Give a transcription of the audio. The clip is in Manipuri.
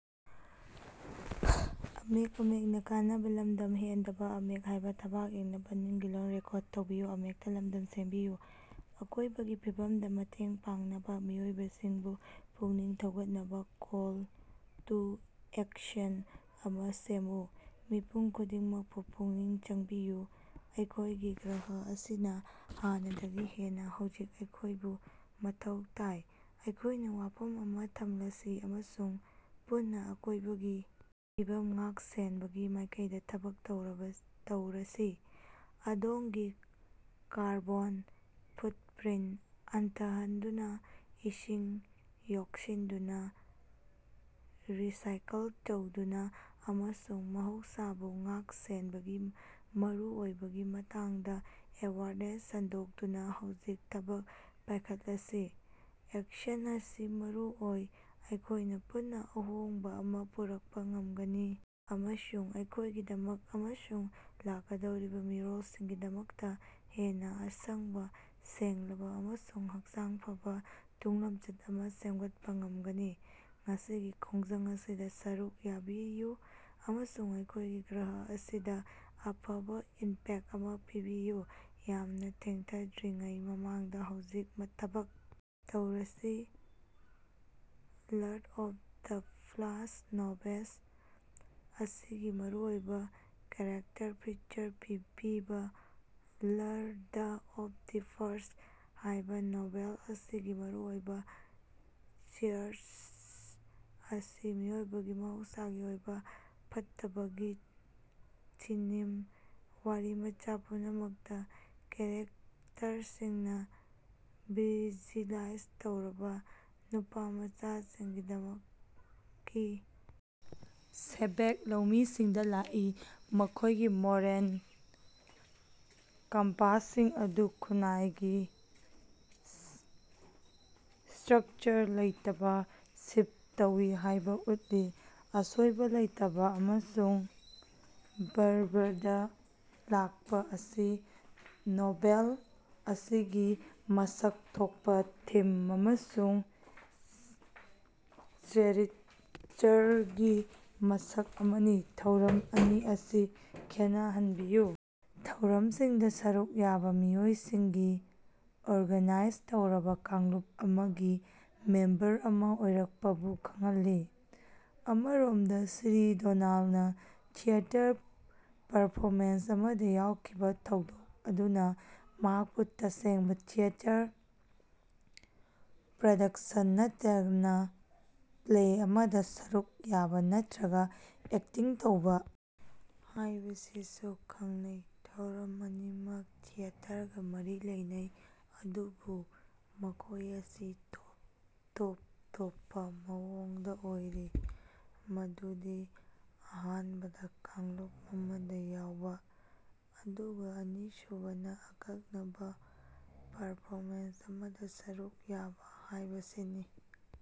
‎ ꯑꯀꯣꯏꯕꯒꯤ ꯐꯤꯕꯝꯗ ꯃꯇꯦꯡ ꯄꯥꯡꯅꯕ ꯃꯤꯑꯣꯏꯁꯤꯡꯕꯨ ꯄꯨꯛꯅꯤꯡ ꯊꯧꯒꯠꯅꯕ ꯀꯣꯜ ꯇꯨ ꯑꯦꯛꯁꯟ ꯑꯃꯥ ꯁꯦꯝꯃꯨ꯫ ꯃꯤꯄꯨꯝ ꯈꯨꯗꯤꯡꯃꯛꯄꯨ ꯄꯨꯛꯅꯤꯡ ꯆꯪꯕꯤꯌꯨ꯫ ꯑꯩꯈꯣꯏꯒꯤ ꯒ꯭ꯔꯍ ꯑꯁꯤꯅ ꯍꯥꯟꯅꯗꯒꯤ ꯍꯦꯟꯅ ꯍꯧꯖꯤꯛ ꯑꯩꯈꯣꯏꯕꯨ ꯃꯊꯧ ꯇꯥꯏ꯫ ꯑꯩꯈꯣꯏꯅ ꯋꯥꯐꯝ ꯑꯃ ꯊꯝꯂꯁꯤ ꯑꯃꯁꯨꯡ ꯄꯨꯟꯅ ꯑꯀꯣꯏꯕꯒꯤ ꯐꯤꯕꯝ ꯉꯥꯛ-ꯁꯦꯟꯕꯒꯤ ꯃꯥꯏꯀꯩꯗ ꯊꯕꯛ ꯇꯧꯔꯁꯤ꯫ ꯑꯗꯣꯝꯒꯤ ꯀꯥꯔꯕꯣꯟ ꯐꯨꯠꯄ‌꯭ꯔꯤꯟ ꯍꯟꯊꯍꯟꯗꯨꯅ, ꯏꯁꯤꯡ ꯌꯣꯛꯁꯤꯟꯗꯨꯅ, ꯔꯤꯁꯥꯏꯀꯜ ꯇꯧꯗꯨꯅ ꯑꯃꯁꯨꯡ ꯃꯍꯧꯁꯥꯕꯨ ꯉꯥꯛ-ꯁꯦꯟꯕꯒꯤ ꯃꯔꯨꯑꯣꯏꯕꯒꯤ ꯃꯇꯥꯡꯗ ꯑꯦꯋꯦꯌꯔꯅꯦꯁ ꯁꯟꯗꯣꯛꯇꯨꯅ ꯍꯧꯖꯤꯛ ꯊꯕꯛ ꯄꯥꯏꯈꯠꯂꯁꯤ꯫ ꯑꯦꯛꯁꯟ ꯑꯁꯤ ꯃꯔꯨ ꯑꯣꯏ꯫ ꯑꯩꯈꯣꯏꯅ ꯄꯨꯟꯅ ꯑꯍꯣꯡꯕ ꯑꯃꯥ ꯄꯨꯔꯛꯄ ꯉꯝꯒꯅꯤ ꯑꯃꯁꯨꯡ ꯑꯩꯈꯣꯏꯒꯤꯗꯃꯛ ꯑꯃꯁꯨꯡ ꯂꯥꯛꯀꯗꯧꯔꯤꯕ ꯃꯤꯔꯣꯜꯁꯤꯡꯒꯤꯗꯃꯛꯇ ꯍꯦꯟꯅ ꯑꯁꯪꯕ, ꯁꯦꯡꯂꯕ ꯑꯃꯁꯨꯡ ꯍꯛꯆꯥꯡ ꯐꯕ ꯇꯨꯡꯂꯝꯆꯠ ꯑꯃ ꯁꯦꯝꯒꯠꯄ ꯉꯝꯒꯅꯤ꯫ ꯉꯁꯤꯒꯤ ꯈꯣꯡꯖꯪ ꯑꯁꯤꯗ ꯁꯔꯨꯛ ꯌꯥꯕꯤꯌꯨ ꯑꯃꯁꯨꯡ ꯑꯩꯈꯣꯏꯒꯤ ꯒ꯭ꯔꯍ ꯑꯁꯤꯗ ꯑꯐꯕ ꯏꯝꯄꯦꯛ ꯑꯃ ꯄꯤꯕꯤꯌꯨ꯫ ꯌꯥꯝꯅ ꯊꯦꯡꯊꯗ꯭ꯔꯤꯉꯩ ꯃꯃꯥꯡꯗ ꯍꯧꯖꯤꯛ ꯃ ꯕꯛ ꯇꯧꯔꯁꯤ꯫ Lord of the flies novel ꯑꯁꯤꯒꯤ ꯃꯔꯨꯑꯣꯏꯕ ꯀꯦꯔꯦꯛꯇꯔ ꯐꯤꯆꯔ ꯄꯤꯕꯥ꯫ ꯂꯔꯗ ꯑꯣꯐ ꯗ ꯐ꯭ꯂꯥꯏꯁ ꯍꯥꯏꯕ ꯅꯣꯚꯦꯜ ꯑꯁꯤꯒꯤ ꯃꯔꯨ ꯑꯣꯏꯕ ꯆꯔꯤꯠ ꯑꯁꯤ ꯃꯤꯑꯣꯏꯕꯒꯤ ꯃꯍꯧꯁꯥꯒꯤ ꯑꯣꯏꯕ ꯐꯠꯇꯕꯒꯤ ꯊꯤꯝꯅꯤ꯫ ꯋꯥꯔꯤꯃꯆꯥ ꯄꯨꯝꯅꯃꯛꯇꯥ ꯀ‌ꯦꯔꯦꯛꯇꯔꯁꯤꯡꯅ ꯁꯤꯚꯤꯂꯥꯏꯖ ꯇꯧꯔꯕ ꯅꯨꯄꯥꯃꯆꯥꯁꯤꯡꯒꯤꯗꯃꯛ ꯀꯤ ꯁꯦꯚꯦꯖ ꯂꯧꯃꯤꯁꯤꯡꯗ ꯂꯥꯛꯏ, ꯃꯈꯣꯏꯒꯤ ꯃꯣꯔꯦꯜ ꯀꯝꯄꯥꯁꯁꯤꯡ ꯑꯗꯨ ꯈꯨꯟꯅꯥꯏꯒꯤ ꯁ꯭ꯠꯔꯀꯆꯔ ꯂꯩꯇꯕꯅ ꯁꯤꯐ ꯇꯧꯏ ꯍꯥꯏꯕ ꯎꯠꯂꯤ꯫ ꯑꯁꯣꯏꯕ ꯂꯩꯇꯕ ꯑꯃꯁꯨꯡ ꯕꯔꯕꯔꯗ ꯂꯥꯛꯄ ꯑꯁꯤ ꯅꯣꯚꯦꯜ ꯑꯁꯤꯒꯤ ꯃꯁꯛ ꯊꯣꯛꯄ ꯊꯤꯝ ꯑꯃꯁꯨꯡ ꯆꯔꯤꯠꯔꯒꯤ ꯃꯁꯛ ꯑꯃꯅꯤ꯫ ꯊꯧꯔꯝ ꯑꯅꯤ ꯑꯁꯤ ꯈꯦꯠꯅꯍꯟꯕꯤꯌꯨ: ꯊꯧꯔꯝꯁꯤꯡꯗ ꯁꯔꯨꯛ ꯌꯥꯕ ꯃꯤꯑꯣꯏꯁꯤꯡꯒꯤ ꯑꯣꯔꯒꯅꯥꯏꯖ ꯇꯧꯔꯕ ꯀꯥꯡꯂꯨꯞ ꯑꯃꯒꯤ ꯃꯦꯝꯕꯔ ꯑꯃ ꯑꯣꯏꯔꯛꯄꯕꯨ ꯈꯪꯍꯜꯂꯤ꯫ ꯑꯃꯔꯣꯝꯗ ꯁ꯭ꯔꯤ ꯗꯣꯅꯥꯜꯗꯅ ꯊꯤꯌꯦꯇꯔ ꯄꯔꯐꯣꯃꯦꯟꯁ ꯑꯃꯗ ꯌꯥꯎꯈꯤꯕ ꯊꯧꯗꯣꯛ ꯑꯗꯨꯅ ꯃꯍꯥꯛꯄꯨ ꯇꯁꯦꯡꯕ ꯊꯤꯌꯦꯇꯔ ꯄ꯭ꯔꯣꯗꯛꯁꯟ ꯅꯠꯇꯔꯒ ꯄ꯭ꯂꯦ ꯑꯃꯗ ꯁꯔꯨꯛ ꯌꯥꯕ ꯅꯠꯇꯔꯒ ꯑꯦꯛꯇꯤꯡ ꯇꯧꯕ ꯍꯥꯏꯕꯁꯤꯕꯨ ꯈꯪꯅꯩ꯫ ꯊꯧꯔꯝ ꯑꯅꯤꯃꯛ ꯊꯤꯌꯦꯇꯔꯒꯥ ꯃꯔꯤ ꯂꯩꯅꯩ, ꯑꯗꯨꯕꯨ ꯃꯈꯣꯏ ꯑꯁꯤ ꯇꯣꯞ ꯇꯣꯞꯄ ꯃꯑꯣꯡꯗ ꯑꯣꯏꯔꯤ ꯃꯗꯨꯗꯤ ꯑꯍꯥꯟꯕꯗꯥ ꯀꯥꯡꯂꯨꯞ ꯑꯃꯗ ꯌꯥꯎꯕ ꯑꯗꯨꯒ ꯑꯅꯤꯁꯨꯕꯅ ꯑꯀꯛꯅꯕ ꯄꯔꯐꯣꯃꯦꯟꯁ ꯑꯃꯗ ꯁꯔꯨꯛ ꯌꯥꯕ ꯍꯥꯏꯕꯁꯤꯅꯤ꯫